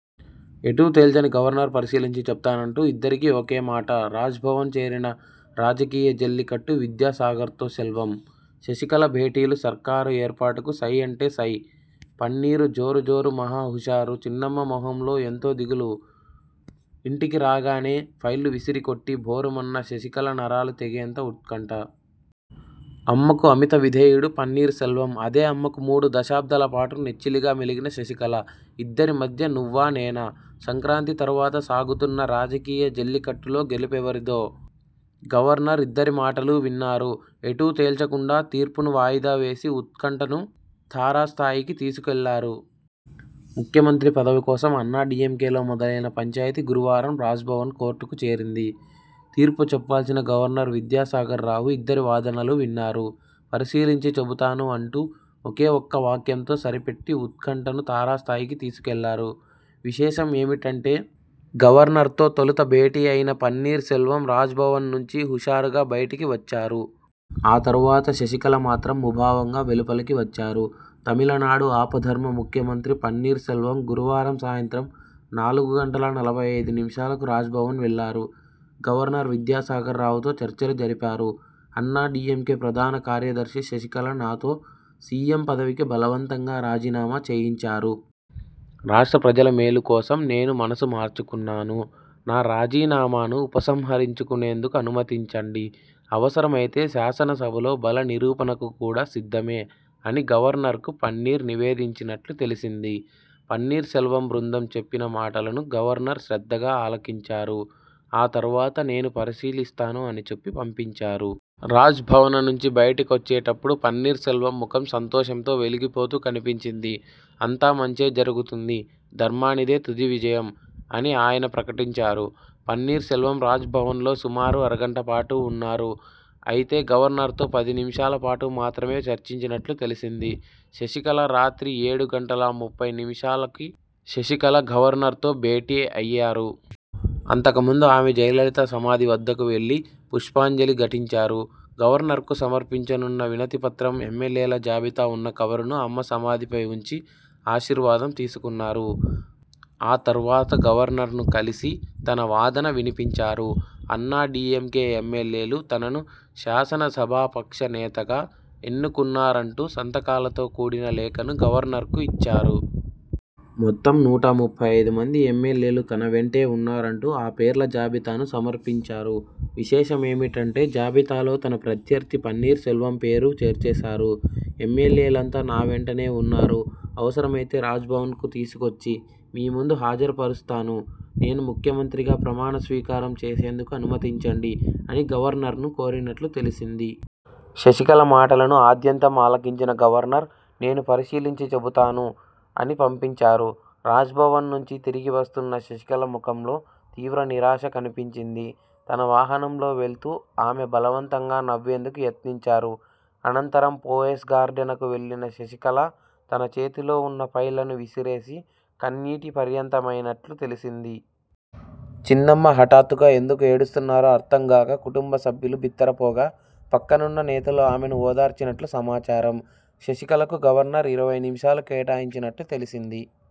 ఎటూ తేల్చని గవర్నర్ పరిశీలించి చెప్తానంటూ ఇద్దరికీ ఒకే మాటరాజ్భవన్ చేరిన 'రాజకీయ జల్లికట్టు' విద్యాసాగర్తో సెల్వం, శశికళ భేటీలు సర్కారు ఏర్పాటుకు సై అంటే సై పన్నీరు జోరు జోరు మహా హుషారు చిన్నమ్మ మొహంలో ఎంతో దిగులు ఇంటికి రాగానే ఫైళ్లు విసిరికొట్టి భోరుమన్న శశికళ నరాలు తెగేంత ఉత్కంఠ! 'అమ్మ'కు అమిత విధేయుడు పన్నీర్ సెల్వం అదే అమ్మకు మూడు దశాబ్దాలపాటు నెచ్చెలిగా మెలిగిన శశికళ! ఇద్దరి మధ్య నువ్వానేనా! సంక్రాంతి తర్వాత సాగుతున్న 'రాజకీయ జల్లికట్టు'లో గెలుపెవరిదో! గవర్నర్ ఇద్దరి మాటలూ విన్నారు. ఎటూ తేల్చకుండా 'తీర్పు'ను వాయిదా వేసి ఉత్కంఠను తారస్థాయికి తీసుకెళ్లారు! ముఖ్యమంత్రి పదవి కోసం అన్నా డీఎంకేలో మొదలైన పంచాయితీ గురువారం రాజ్భవన్ 'కోర్టు'కు చేరింది. 'తీర్పు' చెప్పాల్సిన గవర్నర్ విద్యాసాగర్ రావు ఇద్దరి వాదనలు విన్నారు. 'పరిశీలించి చెబుతాను' అంటూ ఒకే ఒక్క వాక్యంతో సరిపెట్టి ఉత్కంఠను తారస్థాయికి తీసుకెళ్లారు. విశేషం ఏమిటంటే గవర్నర్తో తొలుత భేటీ అయిన పన్నీర్ సెల్వం రాజ్భవన్ నుంచి హుషారుగా బయటికి వచ్చారు. ఆ తర్వాత శశికళ మాత్రం ముభావంగా వెలుపలికి వచ్చారు. తమిళనాడు ఆపద్ధర్మ ముఖ్యమంత్రి పన్నీర్సెల్వం గురువారం సాయంత్రం నాలుగు గంటల నలభై ఐదు నిమిషాలకు రాజ్భవన్ వెళ్లారు. గవర్నర్ విద్యాసాగర్ రావుతో చర్చలు జరిపారు. ''అన్నాడీఎంకే ప్రధాన కార్యదర్శి శశికళ నాతో సీఎం పదవికి బలవంతంగా రాజీనామా చేయించారు. రాష్ట్ర ప్రజల మేలు కోసం నేను మనసు మార్చుకున్నాను. నా రాజీనామాను ఉపసంహరించుకునేందుకు అనుమతించండి. అవసరమైతే శాసనసభలో బల నిరూపణకు కూడా సిద్ధమే'' అని గవర్నర్కు పన్నీర్ నివేదించినట్లు తెలిసింది. పన్నీర్సెల్వం బృందం చెప్పిన మాటలను గవర్నర్ శ్రద్ధగా ఆలకించారు. ఆ తర్వాత'నేను పరిశీలిస్తాను' అని చెప్పి పంపించారు. రాజ్భవన నుంచి బయటికొచ్చేటప్పుడు పన్నీర్సెల్వం ముఖం సంతోషంతో వెలిగిపోతూ కనిపించింది. 'అంతా మంచే జరుగుతుంది. ధర్మానిదే తుది విజయం' అని ఆయన ప్రకటించారు. పన్నీర్ సెల్వం రాజ్భవన్లో సుమారు అరగంటపాటు ఉన్నారు. అయితే, గవర్నర్తో పది నిమిషాలపాటు మాత్రమే చర్చించినట్లు తెలిసింది. శశికళ రాత్రి ఏడు గంటల ముప్పై నిమిషాలకి శశికళ గవర్నర్తో భేటీ అయ్యారు. అంతకుముందు ఆమె జయలలిత సమాధి వద్దకు వెళ్లిపుష్పాంజలి ఘటించారు. గవర్నర్కు సమర్పించనున్న వినతిపత్రం, ఎమ్మెల్యేల జాబితా ఉన్న కవరును అమ్మ సమాధిపై ఉంచి ఆశీర్వాదం తీసుకున్నారు. ఆ తర్వాత గవర్నర్ను కలిసి తన వాదన వినిపించారు. అన్నా డీఎంకే ఎమ్మెల్యేలు తనను శాసనసభాపక్ష నేతగా ఎన్నుకున్నారంటూసంతకాలతో కూడిన లేఖను గవర్నర్కు ఇచ్చారు. మొత్తం నూట ముప్పై ఐదు మంది ఎమ్మెల్యేలు తన వెంటే ఉన్నారంటూ ఆ పేర్ల జాబితాను సమర్పించారు. విశేషమేమిటంటే జాబితాలో తన ప్రత్యర్థి పన్నీర్ సెల్వం పేరూ చేర్చేశారు. ''ఎమ్మెల్యేలంతా నా వెంటనే ఉన్నారు. అవసరమైతే రాజ్భవన్కు తీసుకొచ్చి మీముందు హాజరుపరుస్తాను. నేను ముఖ్యమంత్రిగా ప్రమాణ స్వీకారం చేసేందుకు అనుమతించండి'' అని గవర్నర్ను కోరినట్లు తెలిసింది. శశికళ మాటలను ఆద్యంతం ఆలకించిన గవర్నర్'నేను పరిశీలించి చెబుతాను' అని పంపించారు. రాజ్భవన్ నుంచి తిరిగి వస్తున్న శశికళ ముఖంలో తీవ్ర నిరాశ కనిపించింది. తన వాహనంలో వెళ్తూ ఆమె బలవంతంగా నవ్వేందుకు యత్నించారు. అనంతరం పోయెస్ గార్డెనకు వెళ్లిన శశికళ తన చేతిలో ఉన్న ఫైళ్లను విసిరేసి కన్నీటి పర్యంతమైనట్లు తెలిసింది. చిన్నమ్మ హఠాత్తుగా ఎందుకు ఏడుస్తున్నారో అర్థంగాక కుటుంబ సభ్యులు బిత్తరపోగా పక్కనున్న నేతలు ఆమెను ఓదార్చినట్లు సమాచారం. శశికళకు గవర్నర్ ఇరవై నిమిషాలు కేటాయించినట్లు తెలిసింది.